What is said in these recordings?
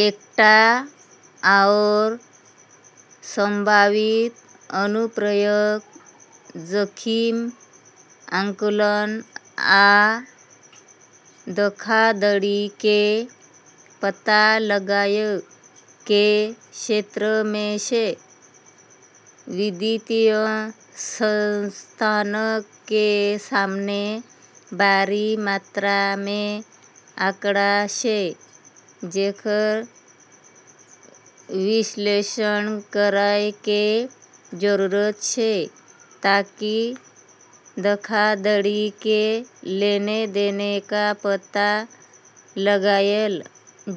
एकटा आओर संभावित अनुप्रयोग जोखिम आकलन आ धोखाधड़ी के पता लगावय के क्षेत्र मे छै। वित्तीय संस्थानक के सामने भारी मात्रा मे आंकड़ा छै जेकर विश्लेषण करय के जरूरत छै ताकि धोखाधड़ी के लेनदेन के पता लगाएल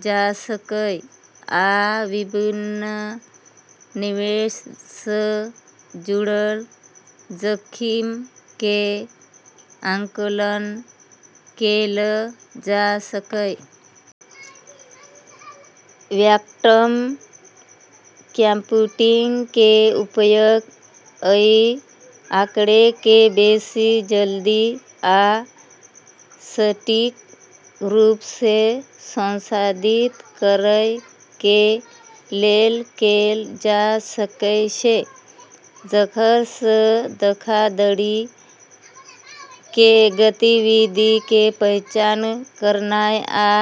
जा सकय आ विभिन्न निवेश सं जुड़ल जोखिम के आकलन कैल जा सकय। क्वांटम कंप्यूटिंग के उपयोग अइ आंकड़ा के बेसि जल्दी आ सटीक रूप सऽ संसाधित करय के लेल कैल जा सकय छै, जेकरा सऽ धोखाधड़ी के गतिविधि के पहचान करनाय आ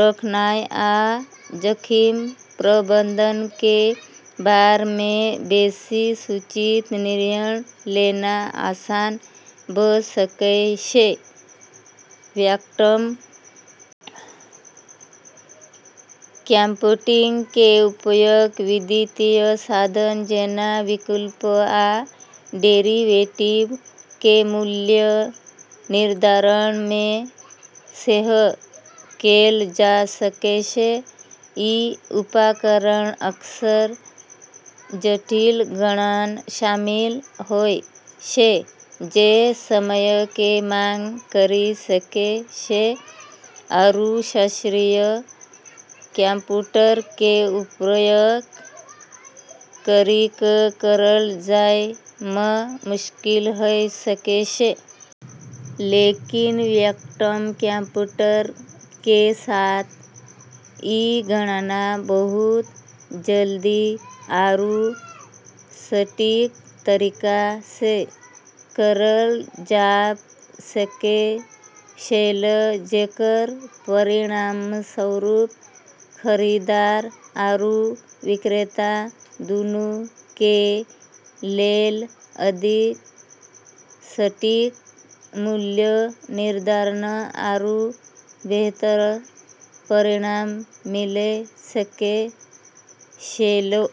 रोकनाय आ जोखिम प्रबंधन के बारे मे बेसि सूचित निर्णय लेनाय आसान भ सकय छै ।क्वांटम कंप्यूटिंग के उपयोग वित्तीय साधन, जेना विकल्प आ डेरिवेटिव के मूल्य निर्धारण मे सेहो कैल जा सकय छै। ई उपकरणऽ अक्सर जटिल गणना शामिल होय छै जे समय के माँग करी सकै छै आरू शास्त्रीय कंप्यूटर के उपयोग करी कऽ करलऽ जाय मऽ मुश्किल होय सकै छै। लेकिन क्वांटम कंप्यूटर के साथ ई गणना बहुत जल्दी आरू सटीक तरीका सऽ करलऽ जाब सकै छेलै, जेकरऽ परिणामस्वरूप खरीदार आरू विक्रेता दुनु के लेलऽ अधिक सटीक मूल्य निर्धारण आरू बेहतर परिणाम मिल सकै छेलै।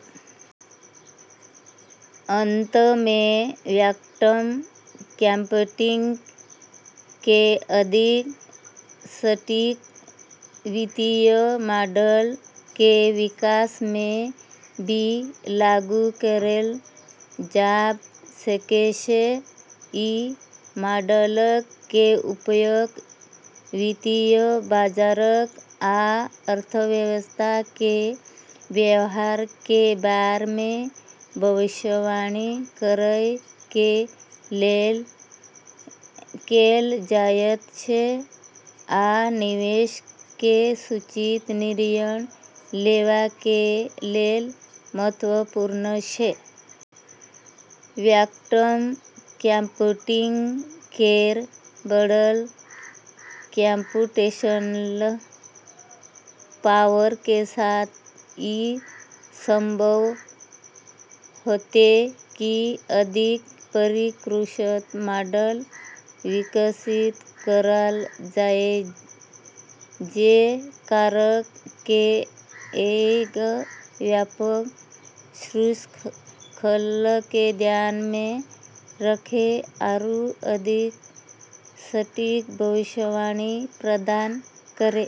अंत में, क्वांटम कंप्यूटिंग के अधिक सटीक वित्तीय मॉडल के विकास मे भी लागू करलऽ जाब सकै छै। इ मॉडलक के उपयोग वित्तीय बाजारक आ अर्थव्यवस्था के व्यवहार के बारे मे भविष्यवाणी करय कें लेल कैल जायत छै, आ निवेश के सूचित निर्णय लेवा के लेल महत्वपूर्ण छै। क्वांटम कंप्यूटिंग केरऽ बढ़लऽ कम्प्यूटेशनल पावर के साथ ई संभव होतै कि अधिक परिष्कृत मॉडल विकसित करलऽ जाय जे कारकऽ के एगो व्यापक श्रृंखला के ध्यान मे रखै आरू अधिक सटीक भविष्यवाणी प्रदान करै।